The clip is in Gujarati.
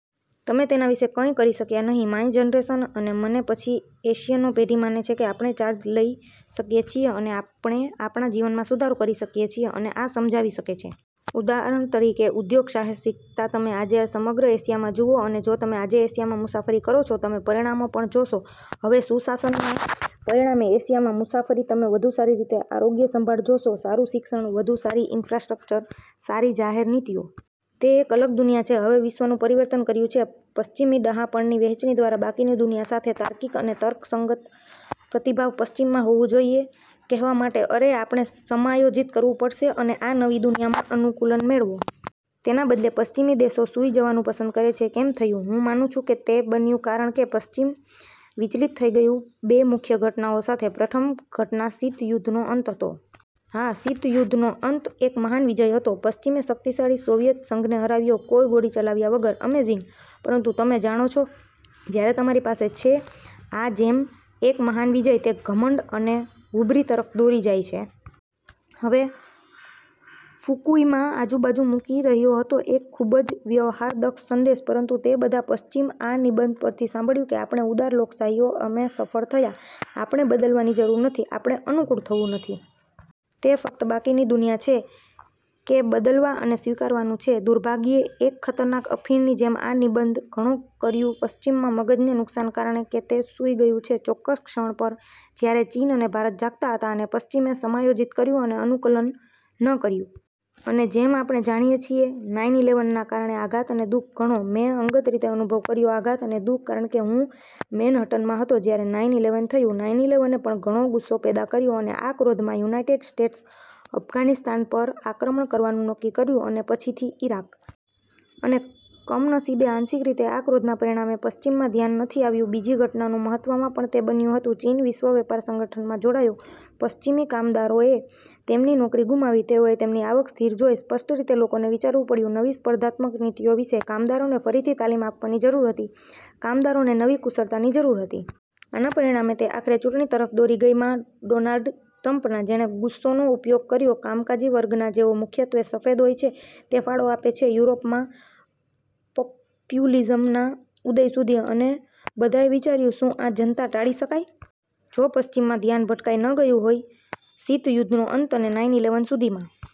તમે તેના વિશે કંઇ કરી શક્યા નહીં. માય જનરેશન અને મને પછી એશિયનો પેઢી માને છે કે આપણે ચાર્જ લઈ શકીએ છીએ અને આપણે આપણા જીવનમાં સુધારો કરી શકીએ છીએ અને આ સમજાવી શકે છે. ઉદાહરણ તરીકે, ઉદ્યોગ સાહસિકતા તમે આજે સમગ્ર એશિયામાં જુઓ અને જો તમે આજે એશિયામાં મુસાફરી કરો છો, તમે પરિણામો પણ જોશો. હવે સુશાસનના પરિણામે એશિયામાં મુસાફરી તમે વધુ સારી રીતે આરોગ્ય સંભાળ જોશો, સારું શિક્ષણ, વધુ સારી ઈન્ફ્રાસ્ટ્રક્ચર, સારી જાહેર નીતિઓ. તે એક અલગ દુનિયા છે. હવે વિશ્વનું પરિવર્તન કર્યું છે પશ્ચિમી ડહાપણની વહેંચણી દ્વારા બાકીની દુનિયા સાથે. તાર્કિક અને તર્કસંગત પ્રતિભાવ પશ્ચિમમાં હોવું જોઈએ કહેવા માટે, "અરે, આપણે સમાયોજિત કરવું પડશે અને આ નવી દુનિયામાં અનુકૂલન મેળવો." તેના બદલે, પશ્ચિમી દેશો સૂઈ જવાનું પસંદ કરે છે. કેમ થયું? હું માનું છું કે તે બન્યું કારણ કે પશ્ચિમ વિચલિત થઈ ગયું બે મુખ્ય ઘટનાઓ સાથે. પ્રથમ ઘટના શીત યુદ્ધનો અંત હતો. હા, શીત યુદ્ધનો અંત એક મહાન વિજય હતો. પશ્ચિમે શકિતશાળી સોવિયત સંઘને હરાવ્યો કોઈ ગોળી ચલાવ્યા વગર. અમેઝિંગ! પરંતુ તમે જાણો છો, જ્યારે તમારી પાસે છે આ જેમ એક મહાન વિજય, તે ઘમંડ અને હુબ્રી તરફ દોરી જાય છે? હવે, ફુકુયમા આજુબાજુ મૂકી રહ્યો હતો એક ખૂબ જ વ્યવહારદક્ષ સંદેશ પરંતુ તે બધાં પશ્ચિમ આ નિબંધ પરથી સાંભળ્યું કે આપણે ઉદાર લોકશાહીઓ અમે સફળ થયા, આપણે બદલવાની જરૂર નથી, આપણે અનુકૂળ થવું નથી. તે ફક્ત બાકીની દુનિયા છે કે બદલવા અને સ્વીકારવાનું છે. દુર્ભાગ્યે, એક ખતરનાક અફીણની જેમ આ નિબંધ ઘણો કર્યું પશ્ચિમમાં મગજને નુકસાન કારણ કે તે સૂઈ ગયું છે ચોક્કસ ક્ષણ પર જ્યારે ચીન અને ભારત જાગતા હતા અને પશ્ચિમે સમાયોજિત કર્યું અને અનુકૂલન ન કર્યું. અને જેમ આપણે જાણીએ છીએ નાઈન ઈલેવેનના કારણે આઘાત અને દુઃખ ઘણો. મેં અંગત રીતે અનુભવ કર્યો આઘાત અને દુઃખ કારણ કે હું મેનહટનમાં હતો જ્યારે નાઈન ઈલેવેન થયું. નાઈન ઈલેવેને પણ ઘણો ગુસ્સો પેદા કર્યો અને આ ક્રોધમાં યુનાઇટેડ સ્ટેટ્સ અફઘાનિસ્તાન પર આક્રમણ કરવાનું નક્કી કર્યું અને પછીથી ઇરાક. અને કમનસીબે આંશિક રીતે આ ક્રોધના પરિણામે, પશ્ચિમમાં ધ્યાન નથી આવ્યું બીજી ઘટનાનું મહત્વમાં પણ તે બન્યું હતું. ચીન વિશ્વ વેપાર સંગઠનમાં જોડાયો. પશ્ચિમી કામદારોએ તેમની નોકરી ગુમાવી. તેઓએ તેમની આવક સ્થિર જોઈ, સ્પષ્ટ રીતે લોકોને વિચારવું પડ્યું નવી સ્પર્ધાત્મક નીતિઓ વિશે, કામદારોને ફરીથી તાલીમ આપવાની જરૂર હતી, કામદારોને નવી કુશળતાની જરૂર હતી. આના પરિણામે, તે આખરે ચૂંટણી તરફ દોરી ગઈમાં ડોનાલ્ડ ટ્રમ્પના, જેણે ગુસ્સોનો ઉપયોગ કર્યો કામકાજી વર્ગના, જેઓ મુખ્યત્વે સફેદ હોય છે. તે ફાળો આપે છે યુરોપમાં પપ્યુલીઝમના ઉદય સુધી. અને બધાએ વિચાર્યું શું આ જનતા ટાળી શકાય? જો પશ્ચિમમાં ધ્યાન ભટકાઈ ન ગયું હોય શીત યુદ્ધનો અંત અને નાઈન ઈલેવેન સુધીમાં?